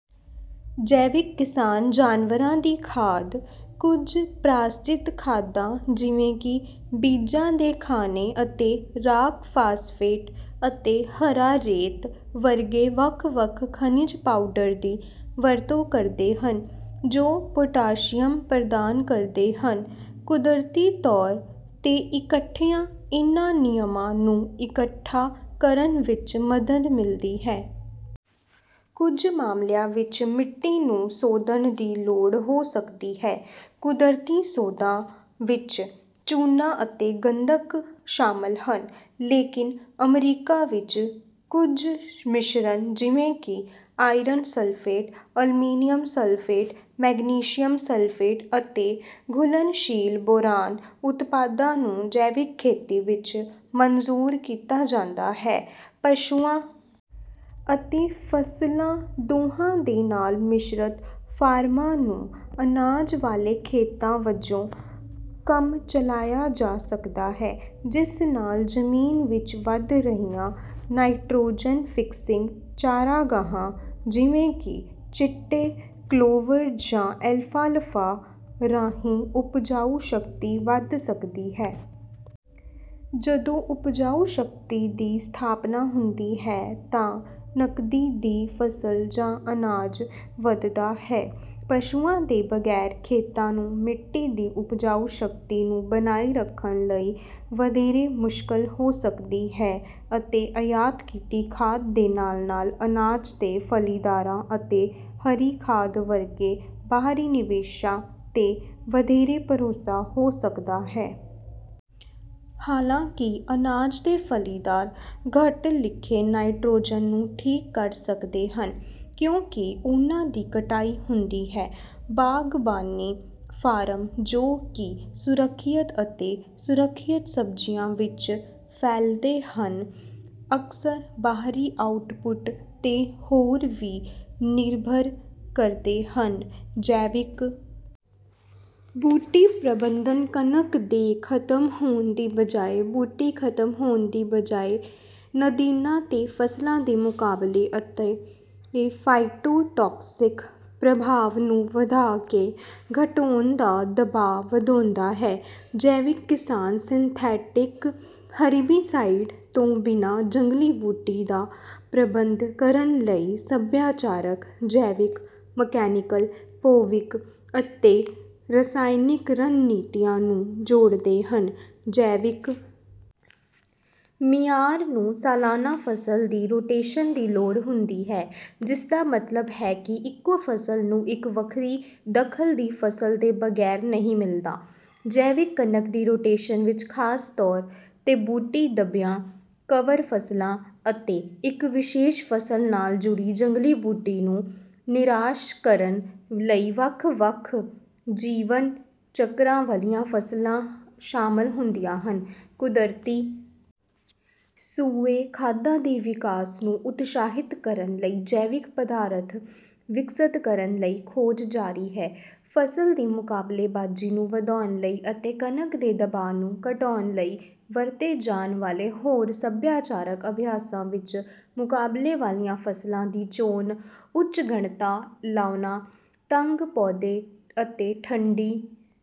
ਜੈਵਿਕ ਕਿਸਾਨ ਜਾਨਵਰਾਂ ਦੀ ਖਾਦ, ਕੁਝ ਪ੍ਰਾਸਜਿਤ ਖਾਦਾਂ, ਜਿਵੇਂ ਕਿ ਬੀਜਾਂ ਦੇ ਖਾਣੇ ਅਤੇ ਰਾਕ ਫਾਸਫੇਟ, ਅਤੇ ਹਰਾ ਰੇਤ ਵਰਗੇ ਵੱਖ-ਵੱਖ ਖਣਿਜ ਪਾਊਂਡਰ ਦੀ ਵਰਤੋਂ ਕਰਦੇ ਹਨ, ਜੋ ਪੋਟਾਸ਼ੀਅਮ ਪ੍ਰਦਾਨ ਕਰਦੇ ਹਨ। ਕੁਦਰਤੀ ਤੌਰ 'ਤੇ ਇਕੱਠਿਆਂ, ਇਨ੍ਹਾਂ ਨਿਯਮਾਂ ਨੂੰ ਇਕੱਠਾ ਕਰਨ ਵਿੱਚ ਮਦਦ ਮਿਲਦੀ ਹੈ। ਕੁਝ ਮਾਮਲਿਆਂ ਵਿੱਚ ਮਿੱਟੀ ਨੂੰ ਸੋਧਣ ਦੀ ਲੋੜ ਹੋ ਸਕਦੀ ਹੈ। ਕੁਦਰਤੀ ਸੋਧਾਂ ਵਿੱਚ ਚੂਨਾ ਅਤੇ ਗੰਧਕ ਸ਼ਾਮਲ ਹਨ, ਲੇਕਿਨ ਅਮਰੀਕਾ ਵਿੱਚ ਕੁਝ ਮਿਸ਼ਰਣ, ਜਿਵੇਂ ਕਿ iron sulphate, aluminium sulphate, magnesium sulphate ਅਤੇ ਘੁਲਣਸ਼ੀਲ ਬੋਰਾਨ ਉਤਪਾਦਾਂ ਨੂੰ ਜੈਵਿਕ ਖੇਤੀ ਵਿੱਚ ਮਨਜ਼ੂਰ ਕੀਤਾ ਜਾਂਦਾ ਹੈ। ਪਸ਼ੂਆਂ ਅਤੇ ਫ਼ਸਲਾਂ ਦੋਹਾਂ ਦੇ ਨਾਲ ਮਿਸ਼ਰਤ ਫਾਰਮਾਂ ਨੂੰ ਅਨਾਜ ਵਾਲੇ ਖੇਤਾਂ ਵਜੋਂ ਕੰਮ ਚਲਾਇਆ ਜਾ ਸਕਦਾ ਹੈ, ਜਿਸ ਨਾਲ ਜ਼ਮੀਨ ਵਿੱਚ ਵਧ ਰਹੀਆਂ ਨਾਈਟ੍ਰੋਜਨ-ਫਿਕਸਿੰਗ ਚਾਰਾ ਘਾਹਾਂ, ਜਿਵੇਂ ਕਿ ਚਿੱਟੇ ਕਲੋਵਰ ਜਾਂ ਐਲਫਾਲਫਾ, ਰਾਹੀਂ ਉਪਜਾਊ ਸ਼ਕਤੀ ਵਧ ਸਕਦੀ ਹੈ। ਜਦੋਂ ਉਪਜਾਊ ਸ਼ਕਤੀ ਦੀ ਸਥਾਪਨਾ ਹੁੰਦੀ ਹੈ, ਤਾਂ ਨਕਦੀ ਦੀ ਫ਼ਸਲ ਜਾਂ ਅਨਾਜ ਵਧਦਾ ਹੈ। ਪਸ਼ੂਆਂ ਦੇ ਬਗੈਰ ਖੇਤਾਂ ਨੂੰ ਮਿੱਟੀ ਦੀ ਉਪਜਾਊ ਸ਼ਕਤੀ ਨੂੰ ਬਣਾਈ ਰੱਖਣ ਲਈ ਵਧੇਰੇ ਮੁਸ਼ਕਲ ਹੋ ਸਕਦੀ ਹੈ ਅਤੇ ਆਯਾਤ ਕੀਤੀ ਖਾਦ ਦੇ ਨਾਲ-ਨਾਲ ਅਨਾਜ ਦੇ ਫਲ਼ੀਦਾਰਾਂ ਅਤੇ ਹਰੀ ਖਾਦ ਵਰਗੇ ਬਾਹਰੀ ਨਿਵੇਸ਼ਾਂ 'ਤੇ ਵਧੇਰੇ ਭਰੋਸਾ ਹੋ ਸਕਦਾ ਹੈ। ਹਾਲਾਂਕਿ, ਅਨਾਜ ਦੇ ਫਲ਼ੀਦਾਰ ਘੱਟ ਲਿਖੇ ਨਾਈਟ੍ਰੋਜਨ ਨੂੰ ਠੀਕ ਕਰ ਸਕਦੇ ਹਨ, ਕਿਉਂਕਿ ਉਹਨਾਂ ਦੀ ਕਟਾਈ ਹੁੰਦੀ ਹੈ। ਬਾਗਬਾਨੀ ਫਾਰਮ, ਜੋ ਕਿ ਸੁਰੱਖਿਅਤ ਅਤੇ ਸੁਰੱਖਿਅਤ ਸਬਜ਼ੀਆਂ ਵਿੱਚ ਫੈਲਦੇ ਹਨ, ਅਕਸਰ ਬਾਹਰੀ ਆਉਟਪੁੱਟ 'ਤੇ ਹੋਰ ਵੀ ਨਿਰਭਰ ਕਰਦੇ ਹਨ। ਜੈਵਿਕ ਬੂਟੀ ਪ੍ਰਬੰਧਨ ਕਣਕ ਦੇ ਖਤਮ ਹੋਣ ਦੀ ਬਜਾਏ, ਬੂਟੀ ਖਤਮ ਹੋਣ ਦੀ ਬਜਾਏ, ਨਦੀਣਾਂ ਤੇ ਫ਼ਸਲਾਂ ਦੇ ਮੁਕਾਬਲੇ ਅਤੇ ਫ਼ਾਇਟੋਟੌਕਸਿਕ ਪ੍ਰਭਾਵ ਨੂੰ ਵਧਾ ਕੇ ਘਟਾਉਣ ਦਾ ਦਬਾਅ ਵਧਾਉਂਦਾ ਹੈ। ਜੈਵਿਕ ਕਿਸਾਨ ਸਿੰਥੈਟਿਕ ਹਰੀਬੀਸਾਈਡ ਤੋਂ ਬਿਨਾਂ ਜੰਗਲੀ ਬੂਟੀ ਦਾ ਪ੍ਰਬੰਧ ਕਰਨ ਲਈ ਸੱਭਿਆਚਾਰਕ, ਜੈਵਿਕ, ਮਕੈਨੀਕਲ, ਭੌਤਿਕ ਅਤੇ ਰਸਾਇਣਕ ਰਣਨੀਤੀਆਂ ਨੂੰ ਜੋੜਦੇ ਹਨ। ਜੈਵਿਕ ਮਿਆਰ ਨੂੰ ਸਾਲਾਨਾ ਫ਼ਸਲ ਦੀ ਰੋਟੇਸ਼ਨ ਦੀ ਲੋੜ ਹੁੰਦੀ ਹੈ, ਜਿਸਦਾ ਮਤਲਬ ਹੈ ਕਿ ਇੱਕੋ ਫ਼ਸਲ ਨੂੰ ਇੱਕ ਵੱਖਰੀ, ਦਖ਼ਲ ਦੀ ਫ਼ਸਲ ਦੇ ਬਗੈਰ ਨਹੀਂ ਮਿਲਦਾ। ਜੈਵਿਕ ਕਣਕ ਦੀ ਰੋਟੇਸ਼ਨ ਵਿੱਚ ਖ਼ਾਸ ਤੌਰ 'ਤੇ ਬੂਟੀ-ਦੱਬੀਆਂ ਕਵਰ ਫ਼ਸਲਾਂ ਅਤੇ ਇੱਕ ਵਿਸ਼ੇਸ਼ ਫ਼ਸਲ ਨਾਲ ਜੁੜੀ ਜੰਗਲੀ ਬੂਟੀ ਨੂੰ ਨਿਰਾਸ਼ ਕਰਨ ਲਈ ਵੱਖ-ਵੱਖ ਜੀਵਨ ਚੱਕਰਾਂ ਵਾਲੀਆਂ ਫ਼ਸਲਾਂ ਸ਼ਾਮਲ ਹੁੰਦੀਆਂ ਹਨ। ਕੁਦਰਤੀ ਸੂਏ ਖਾਦਾਂ ਦੇ ਵਿਕਾਸ ਨੂੰ ਉਤਸ਼ਾਹਿਤ ਕਰਨ ਲਈ ਜੈਵਿਕ ਪਦਾਰਥ ਵਿਕਸਤ ਕਰਨ ਲਈ ਖੋਜ ਜਾਰੀ ਹੈ। ਫ਼ਸਲ ਦੀ ਮੁਕਾਬਲੇਬਾਜ਼ੀ ਨੂੰ ਵਧਾਉਣ ਲਈ ਅਤੇ ਕਣਕ ਦੇ ਦਬਾਅ ਨੂੰ ਘਟਾਉਣ ਲਈ ਵਰਤੇ ਜਾਣ ਵਾਲੇ ਹੋਰ ਸੱਭਿਆਚਾਰਕ ਅਭਿਆਸਾਂ ਵਿੱਚ ਮੁਕਾਬਲੇ ਵਾਲੀਆਂ ਫ਼ਸਲਾਂ ਦੀ ਚੋਣ, ਉੱਚ ਘਣਤਾ ਲਾਉਣਾ, ਤੰਗ ਪੌਦੇ ਅਤੇ ਠੰਢੀ...